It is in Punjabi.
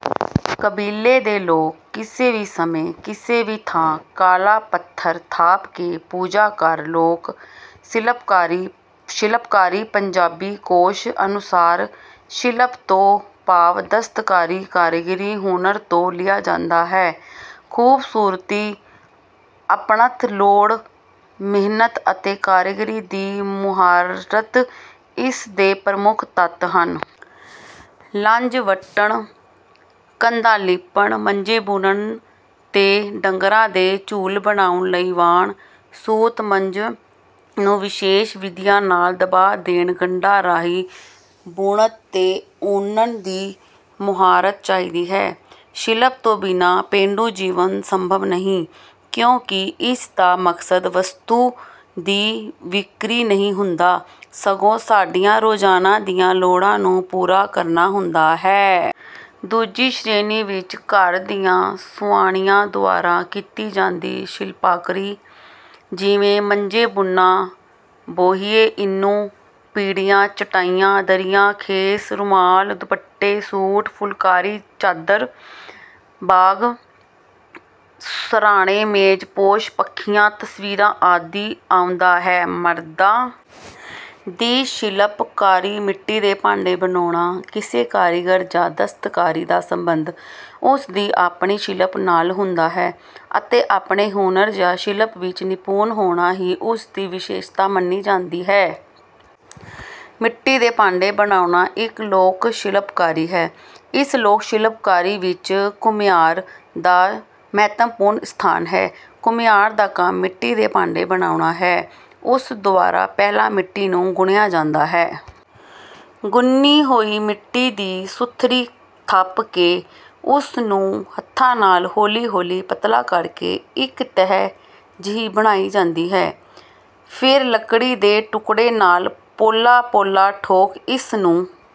ਕਬੀਲੇ ਦੇ ਲੋਕ ਕਿਸੇ ਵੀ ਸਮੇਂ, ਕਿਸੇ ਵੀ ਥਾਂ, ਕਾਲਾ ਪੱਥਰ ਥਾਪ ਕੇ, ਪੂਜਾ ਕਰ। ਲੋਕ ਸ਼ਿਲਪਕਾਰੀਪੰਜਾਬੀ ਕੋਸ਼ ਅਨੁਸਾਰ ਸ਼ਿਲਪ ਤੋਂ ਭਾਵ ਦਸਤਕਾਰੀ, ਕਾਰੀਗਰੀ, ਹੁਨਰ ਤੋਂ ਲਿਆ ਜਾਂਦਾ ਹੈ। "ਖੂਬਸੂਰਤੀ, ਅਪਣੱਤ, ਲੋੜ, ਮਿਹਨਤ ਅਤੇ ਕਾਰੀਗਰੀ ਦੀ ਮੁਹਾਰਤ ਇਸ ਦੇ ਪ੍ਰਮੁੱਖ ਤੱਤ ਹਨ। ਲੱਜ ਵੱਟਣ, ਕੰਧਾਂ ਲਿਪਣ, ਮੰਜੇ ਬੁਣਨ ਤੇ ਡੰਗਰਾਂ ਦੇ ਝੁੱਲ ਬਣਾਉਣ ਲਈ ਵਾਣ, ਸੂਤ, ਮੁੰਜ ਨੂੰ ਵਿਸ਼ੇਸ਼ ਵਿਧੀਆਂ ਨਾਲ ਦਬਾ ਦੇਣ, ਗੰਢਾਂ ਰਾਹੀਂ ਬੁਣਨ ਤੇ ਉਣਨ ਦੀ ਮੁਹਾਰਤ ਚਾਹੀਦੀ ਹੈ। ਸ਼ਿਲਪ ਤੋਂ ਬਿਨਾਂ ਪੇਂਡੂ ਜੀਵਨ ਸੰਭਵ ਨਹੀਂ ਕਿਉਂਕਿ ਇਸ ਦਾ ਮਕਸਦ ਵਸਤੂ ਦੀ ਵਿਕਰੀ ਨਹੀਂ ਹੁੰਦਾ, ਸਗੋਂ ਸਾਡੀਆਂ ਰੋਜ਼ਾਨਾ ਦੀਆਂ ਲੋੜਾਂ ਨੂੰ ਪੂਰਾ ਕਰਨਾ ਹੁੰਦਾ ਹੈ। ਦੂਜੀ ਸ਼੍ਰੇਣੀ ਵਿੱਚ ਘਰ ਦੀਆਂ ਸੁਆਣੀਆਂ ਦੁਆਰਾ ਕੀਤੀ ਜਾਂਦੀ ਸ਼ਿਲਪਾਕਰੀ, ਜਿਵੇਂ- ਮੰਜੇ ਬੁਣਨਾ, ਬੋਹੀਏ, ਇੰਨੂ, ਪੀੜ੍ਹੀਆਂ, ਚਟਾਈਆਂ ਦਰੀਆਂ, ਖੇਸ, ਰੁਮਾਲ, ਦੁਪੱਟੇ, ਸੂਟ, ਫੁਲਕਾਰੀ, ਚਾਦਰ, ਬਾਗ, ਸਰ੍ਹਾਣੇ, ਮੇਜ਼ ਪੋਸ਼, ਪੱਖੀਆਂ, ਤਸਵੀਰਾਂ ਆਦਿ ਆਉਂਦਾ ਹੈ। ਮਰਦਾਂ ਦੀ ਸ਼ਿਲਪਕਾਰੀਮਿੱਟੀ ਦੇ ਭਾਂਡੇਂ ਬਣਾਉਣਾ: ਕਿਸੇ ਕਾਰੀਗਰ ਜਾਂ ਦਸਤਕਾਰੀ ਦਾ ਸੰਬੰਧ ਉਸ ਦੀ ਆਪਣੀ ਸ਼ਿਲਪ ਨਾਲ ਹੁੰਦਾ ਹੈ ਅਤੇ ਆਪਣੇ ਹੁਨਰ ਜਾਂ ਸ਼ਿਲਪ ਵਿੱਚ ਨਿਪੁੰਨ ਹੋਣਾ ਹੀ ਉਸ ਦੀ ਵਿਸ਼ੇਸ਼ਤਾ ਮੰਨੀ ਜਾਂਦੀ ਹੈ। ਮਿੱਟੀ ਦੇ ਭਾਂਡੇ ਬਣਾਉਣਾ ਇੱਕ ਲੋਕ ਸ਼ਿਲਪਕਾਰੀ ਹੈ। ਇਸ ਲੋਕ ਸ਼ਿਲਪਕਾਰੀ ਵਿੱਚ ਘੁਮਿਆਰ ਦਾ ਮਹੱਤਵਪੂਰਨ ਸਥਾਨ ਹੈ। ਘੁਮਿਆਰ ਦਾ ਕੰਮ ਮਿੱਟੀ ਦੇ ਭਾਂਡੇ ਬਣਾਉਣਾ ਹੈ। ਉਸ ਦੁਆਰਾ ਪਹਿਲਾਂ ਮਿੱਟੀ ਨੂੰ ਗੁੰਨਿਆ ਜਾਂਦਾ ਹੈ। "ਗੁੰਨੀ ਹੋਈ ਮਿੱਟੀ ਦੀ ਸੁਥਰੀ ਥੱਪ ਕੇ ਉਸ ਨੂੰ ਹੱਥਾਂ ਨਾਲ ਹੌਲੀ-ਹੌਲੀ ਪਤਲਾ ਕਰ ਕੇ ਇੱਕ ਤਹਿ ਜਿਹੀ ਬਣਾਈ ਜਾਂਦੀ ਹੈ। ਫਿਰ ਲੱਕੜੀ ਦੇ ਟੁਕੜੇ ਨਾਲ ਪੋਲਾ ਪੋਲਾ ਠੋਕ ਇਸ ਨੂੰ...